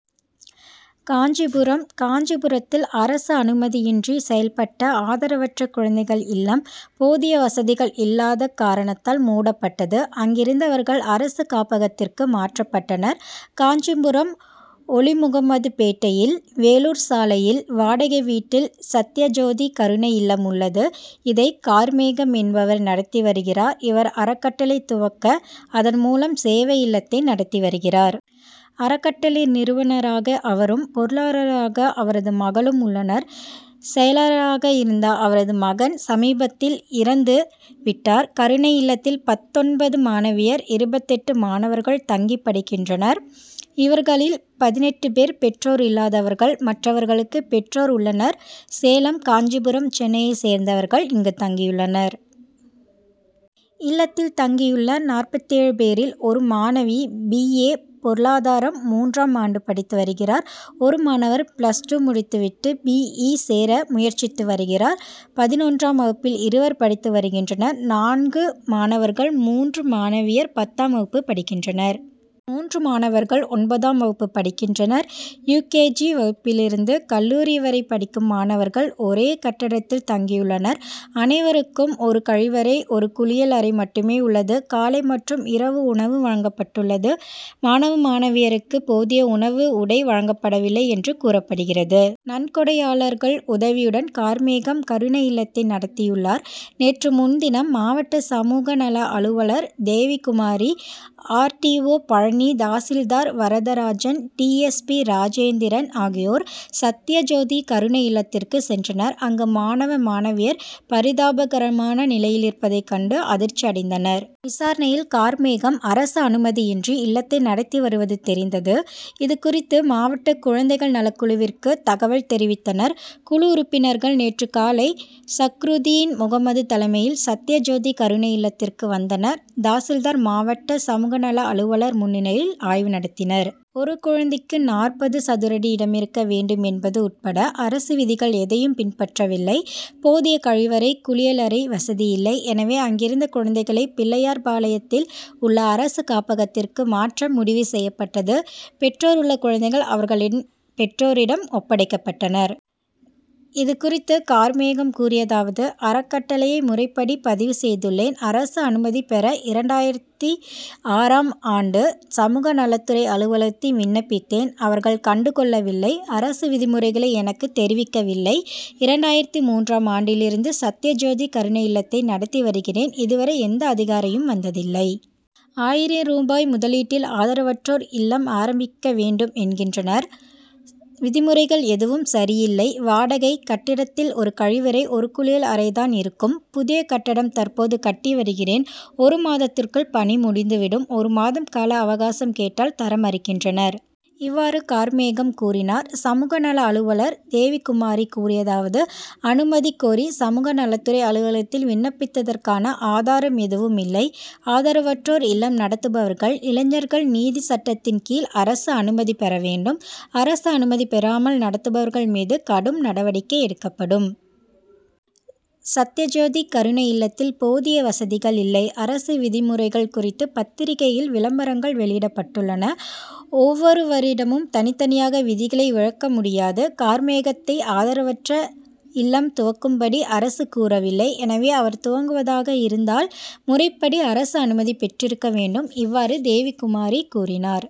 காஞ்சிபுரம் காஞ்சிபுரத்தில் அரசு அனுமதியின்றி செயல்பட்ட ஆதரவற்ற குழந்தைகள் இல்லம், போதிய வசதிகள் இல்லாத காரணத்தால் மூடப்பட்டது. அங்கிருந்தவர்கள், அரசு காப்பகத்திற்கு மாற்றப்பட்டனர். காஞ்சிபுரம் ஒலிமுகமதுபேட்டையில், வேலூர் சாலையில், வாடகை வீட்டில் சத்யஜோதி கருணை இல்லம் உள்ளது. இதை, கார்மேகம் என்பவர் நடத்தி வருகிறார். இவர், அறக்கட்டளை துவக்க அதன் மூலம் சேவை இல்லத்தை நடத்தி வருகிறார். அறக்கட்டளை நிறுவனராக அவரும், பொருளாளராக அவரது மகளும் உள்ளனர். செயலராக இருந்த அவரது மகன், சமீபத்தில் இறந்து விட்டார். கருணை இல்லத்தில் பத்தொன்பது மாணவியர், இருபத்தெட்டு மாணவர்கள் தங்கி படிக்கின்றனர். இவர்களில் பதினெட்டு பேர் பெற்றோர் இல்லாதவர்கள். மற்றவர்களுக்கு பெற்றோர் உள்ளனர். சேலம், காஞ்சிபுரம், சென்னையைச் சேர்ந்தவர்கள் இங்கு தங்கியுள்ளனர். இல்லத்தில் தங்கியுள்ள நாற்பத்தேழு பேரில், ஒரு மாணவி பி. ஏ., பொருளாதாரம் மூன்றாம் ஆண்டு படித்து வருகிறார். ஒரு மாணவர் பிளஸ் டூ முடித்து விட்டு பி. இ., சேர முயற்சித்து வருகிறார். பதினொன்றாம் வகுப்பில் இருவர் படித்து வருகின்றனர். நான்கு மாணவர்கள், மூன்று மாணவியர் பத்தாம் வகுப்பு படிக்கின்றனர். மூன்று மாணவர்கள் ஒன்பதாம் வகுப்பு படிக்கின்றனர். யு. கே. ஜி., வகுப்பிலிருந்து கல்லூரி வரை படிக்கும் மாணவர்கள், ஒரே கட்டடத்தில் தங்கியுள்ளனர். அனைவருக்கும் ஒரு கழிவறை, ஒரு குளியல் அறை மட்டுமே உள்ளது. காலை மற்றும் இரவு உணவு வழங்கப்பட்டுள்ளது. மாணவ, மாணவியருக்கு போதிய உணவு, உடை வழங்கப்படவில்லை என்று கூறப்படுகிறது. நன்கொடையாளர்கள் உதவியுடன் கார்மேகம் கருணை இல்லத்தை நடத்தியுள்ளார். நேற்று முன்தினம் மாவட்ட சமூக நல அலுவலர் Devikumari, R. D. O., Palani, tahsildar Varadarajan, D. S. P., Rajendran ஆகியோர், சத்யஜோதி கருணை இல்லத்திற்கு சென்றனர். அங்கு, மாணவ, மாணவியர் பரிதாபகரமான நிலையிலிருப்பதை கண்டு அதிர்ச்சி அடைந்தனர். விசாரணையில், கார்மேகம் அரசு அனுமதியின்றி இல்லத்தை நடத்தி வருவது தெரிந்தது. இது குறித்து, மாவட்ட குழந்தைகள் நலக் குழுவிற்கு தகவல் தெரிவித்தனர். குழு உறுப்பினர்கள் நேற்று காலை சக்ருதீன்முகமது தலைமையில் சத்யஜோதி கருணை இல்லத்திற்கு வந்தனர். தாசில்தார், மாவட்ட சமூக நல அலுவலர் முன்னிலையில் ஆய்வு நடத்தினர். ஒரு குழந்தைக்கு நாற்பது சதுரடி இடமிருக்க வேண்டும் என்பது உட்பட அரசு விதிகள் எதையும் பின்பற்றவில்லை. போதிய கழிவறை, குளியல் அறை வசதி இல்லை. எனவே, அங்கிருந்த குழந்தைகளை பிள்ளையார்பாளையத்தில் உள்ள அரசு காப்பகத்திற்கு மாற்ற முடிவு செய்யப்பட்டது. பெற்றோர் உள்ள குழந்தைகள் அவர்களின் பெற்றோரிடம் ஒப்படைக்கப்பட்டனர். இது குறித்து கார்மேகம் கூறியதாவது:அறக்கட்டளையை முறைப்படி பதிவு செய்துள்ளேன். அரசு அனுமதி பெற இரண்டாயிரத்து ஆறாம் ஆண்டு சமூக நலத்துறை அலுவலகத்தில் விண்ணப்பித்தேன். அவர்கள் கண்டுகொள்ளவில்லை. அரசு விதிமுறைகளை எனக்கு தெரிவிக்கவில்லை. இரண்டாயிரத்து மூன்றாம் ஆண்டிலிருந்து சத்யஜோதி கருணை இல்லத்தை நடத்தி வருகிறேன். இதுவரை எந்த அதிகாரியும் வந்ததில்லை. ஆயிரம் ரூபாய் முதலீட்டில் ஆதரவற்றோர் இல்லம் ஆரம்பிக்க வேண்டும் என்கின்றனர். விதிமுறைகள் எதுவும் சரியில்லை. வாடகை கட்டடத்தில் ஒரு கழிவறை, ஒரு குளியல் அறை தான் இருக்கும். புதிய கட்டடம் தற்போது கட்டி வருகிறேன். ஒரு மாத்திற்குள் பணி முடிந்துவிடும். ஒரு மாதம் கால அவகாசம் கேட்டால் தர மறுக்கின்றனர். இவ்வாறு கார்மேகம் கூறினார். சமூக நல அலுவலர் தேவிகுமாரி கூறியதாவது:அனுமதி கோரி சமூக நலத்துறை அலுவலகத்தில் விண்ணப்பித்ததற்கான ஆதாரம் எதுவும் இல்லை. ஆதரவற்றோர் இல்லம் நடத்துபவர்கள், இளைஞர்கள் நீதி சட்டத்தின் கீழ் அரசு அனுமதி பெற வேண்டும். அரசு அனுமதி பெறாமல் நடத்துபவர்கள் மீது கடும் நடவடிக்கை எடுக்கப்படும். சத்யஜோதி கருணை இல்லத்தில் போதிய வசதிகள் இல்லை. அரசு விதிமுறைகள் குறித்து பத்திரிகையில் விளம்பரங்கள் வெளியிடப்பட்டுள்ளன. ஒவ்வொருவரிடமும் தனித்தனியாக விதிகளை விளக்க முடியாது. கார்மேகத்தை ஆதரவற்றோர் இல்லம் துவக்கும்படி அரசு கூறவில்லை. எனவே, அவர் துவக்குவதாக இருந்தால் முறைப்படி அரசு அனுமதி பெற்றிருக்க வேண்டும். இவ்வாறு தேவிகுமாரி கூறினார்.